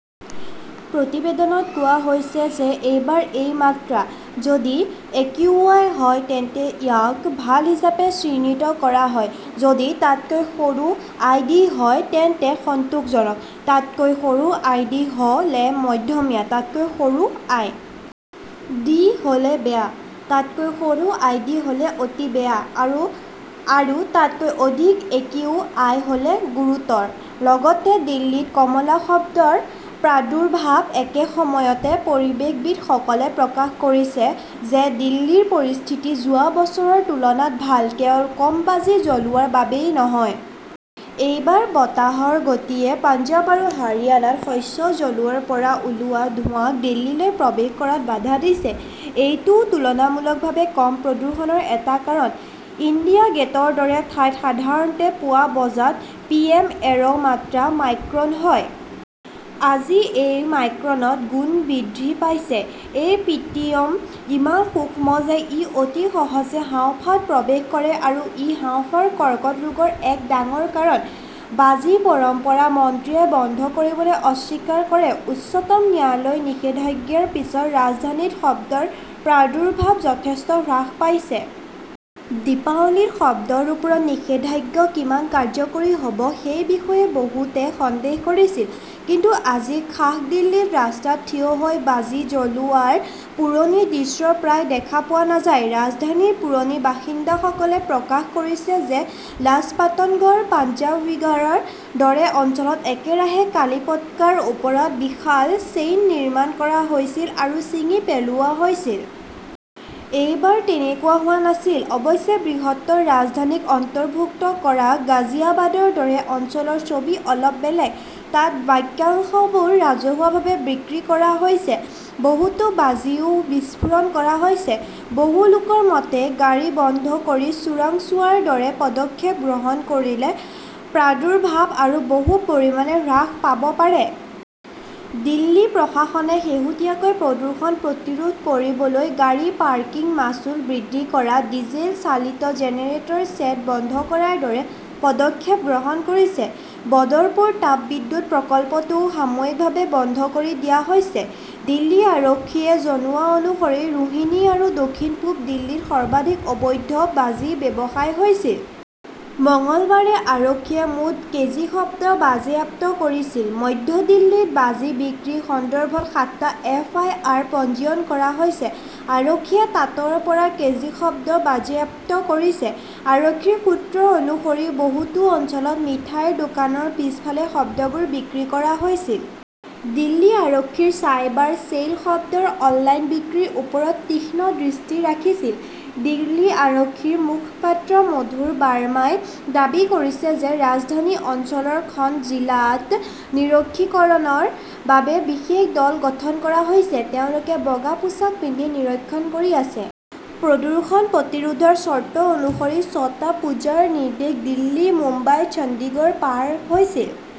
প্ৰতিবেদনত কোৱা হৈছে যে এইবাৰ এই মাত্ৰা। যদি একিউআই হয় তেন্তে ইয়াক 'ভাল হিচাপে চিহ্নিত কৰা হয়। যদি তাতকৈ সৰু আই. ডি. হয় তেন্তে 'সন্তোষজনক'।তাতকৈ সৰু আই. ডি. হ 'লে' মধ্যমীয়া ', তাতকৈ সৰু আই. ডি. হ' লে 'বেয়া', তাতকৈ সৰু আই. ডি. হ 'লে' অতি বেয়া 'আৰু আৰু তাতকৈ অধিক একিউ. আই. হ' লে 'গুৰুতৰ'। লগতে দিল্লীত কমলা শব্দৰ প্ৰাদুৰ্ভাৱ একে সময়তে পৰিৱেশবিদসকলে প্ৰকাশ কৰিছে যে দিল্লীৰ পৰিস্থিতি যোৱা বছৰৰ তুলনাত ভাল, কেৱল কম বাজি জ্বলোৱাৰ বাবেই নহয়। এইবাৰ বতাহৰ গতিয়ে পঞ্জাৱ আৰু হাৰিয়ানাত শস্য জ্বলোৱাৰ পৰা ওলোৱা ধোঁৱাক দিল্লীলৈ প্ৰৱেশ কৰাত বাধা দিছে। এইটোও তুলনামূলকভাৱে কম প্ৰদূষণৰ এটা কাৰণ। ইণ্ডিয়া গেটৰ দৰে ঠাইত সাধাৰণতে পুৱা বজাত পিএম -এৰ মাত্ৰা মাইক্ৰন হয়। আজি ই মাইক্ৰনত গুণ বৃদ্ধি পাইছে। এই পিএম ইমান সূক্ষ্ম যে ই অতি সহজে হাঁওফাঁওত প্ৰৱেশ কৰে আৰু ই হাঁওফাঁওৰ কৰ্কট ৰোগৰ এক ডাঙৰ কাৰণ। বাজি 'পৰম্পৰা, মন্ত্ৰীয়ে বন্ধ কৰিবলৈ অস্বীকাৰ কৰে উচ্চতম ন্যায়ালয়ৰ নিষেধাজ্ঞাৰ পিছত ৰাজধানীত শব্দৰ প্ৰাদুৰ্ভাৱ যথেষ্ট হ্ৰাস পাইছে। দীপাৱলীত শব্দৰ ওপৰত নিষেধাজ্ঞা কিমান কাৰ্যকৰী হব সেই বিষয়ে বহুতে সন্দেহ কৰিছিল। কিন্তু আজি খাস দিল্লীত ৰাস্তাত থিয় হৈ বাজি জ্বলোৱাৰ পুৰণি দৃশ্য প্ৰায় দেখা পোৱা নাযায়। ৰাজধানীৰ পুৰণি বাসিন্দাসকলে প্ৰকাশ কৰিছে যে লাজপাটনগৰ, পঞ্জাৱিবাগৰ দৰে অঞ্চলত একেৰাহে কালীপটকাৰ ওপৰত বিশাল চেইন নিৰ্মাণ কৰা হৈছিল আৰু ছিঙি পেলোৱা হৈছিল। এইবাৰ তেনেকুৱা হোৱা নাছিল। অৱশ্যে, বৃহত্তৰ ৰাজধানী ক অন্তৰ্ভুক্ত কৰা গাজিয়াবাদৰ দৰে অঞ্চলৰ ছবি অলপ বেলেগ। তাত বাক্যাংশবোৰ ৰাজহুৱাভাৱে বিক্ৰী কৰা হৈছে। বহুতো বাজিও বিস্ফোৰণ কৰা হৈছে। বহু লোকৰ মতে, গাড়ী বন্ধ কৰি চোৰাংচোৱাৰ দৰে পদক্ষেপ গ্ৰহণ কৰিলে প্ৰাদুৰ্ভাৱ আৰু বহু পৰিমাণে হ্ৰাস পাব পাৰে। দিল্লী প্ৰশাসনে শেহতীয়াকৈ প্ৰদূষণ প্ৰতিৰোধ কৰিবলৈ গাড়ী পাৰ্কিং মাচুল বৃদ্ধি কৰা, ডিজেল চালিত জেনেৰেটৰ ছেট বন্ধ কৰাৰ দৰে পদক্ষেপ গ্ৰহণ কৰিছে। বদৰপুৰ তাপবিদ্যুৎ প্ৰকল্পটোও সাময়িকভাৱে বন্ধ কৰি দিয়া হৈছে। দিল্লী আৰক্ষীয়ে জনোৱা অনুসৰি ৰোহিনী আৰু দক্ষিণ-পূব দিল্লীত সৰ্বাধিক অবৈধ বাজি ব্যৱসায় হৈছিল। মঙলবাৰে আৰক্ষীয়ে মুঠ কেজি শব্দ বাজেয়াপ্ত কৰিছিল। মধ্য দিল্লীত বাজি বিক্ৰীৰ সন্দৰ্ভত সাতটা এফ. আই. আৰ. পঞ্জীয়ন কৰা হৈছে। আৰক্ষীয়ে তাতৰ পৰা কেজি শব্দ বাজেয়াপ্ত কৰিছে। আৰক্ষীৰ সূত্ৰ অনুসৰি, বহুতো অঞ্চলত মিঠাইৰ দোকানৰ পিছফালে শব্দবোৰ বিক্ৰী কৰা হৈছিল। দিল্লী আৰক্ষীৰ চাইবাৰ ছেইলে শব্দৰ অনলাইন বিক্ৰীৰ ওপৰত তীক্ষ্ণ দৃষ্টি ৰাখিছিল। দিল্লী আৰক্ষীৰ মুখপাত্ৰ মধুৰ বাৰ্মাই দাবী কৰিছে যে ৰাজধানী অঞ্চলৰ খন জিলাত নিৰক্ষণৰ বাবে বিশেষ দল গঠন কৰা হৈছে। তেওঁলোকে বগা পোছাক পিন্ধি নিৰক্ষণ কৰি আছে। প্ৰদূষণ প্ৰতিৰোধৰ চৰ্ত অনুসৰি ছটা পূজাৰ নিৰ্দেশ দিল্লী, মুম্বাই, চণ্ডীগড় পাৰ হৈছিল।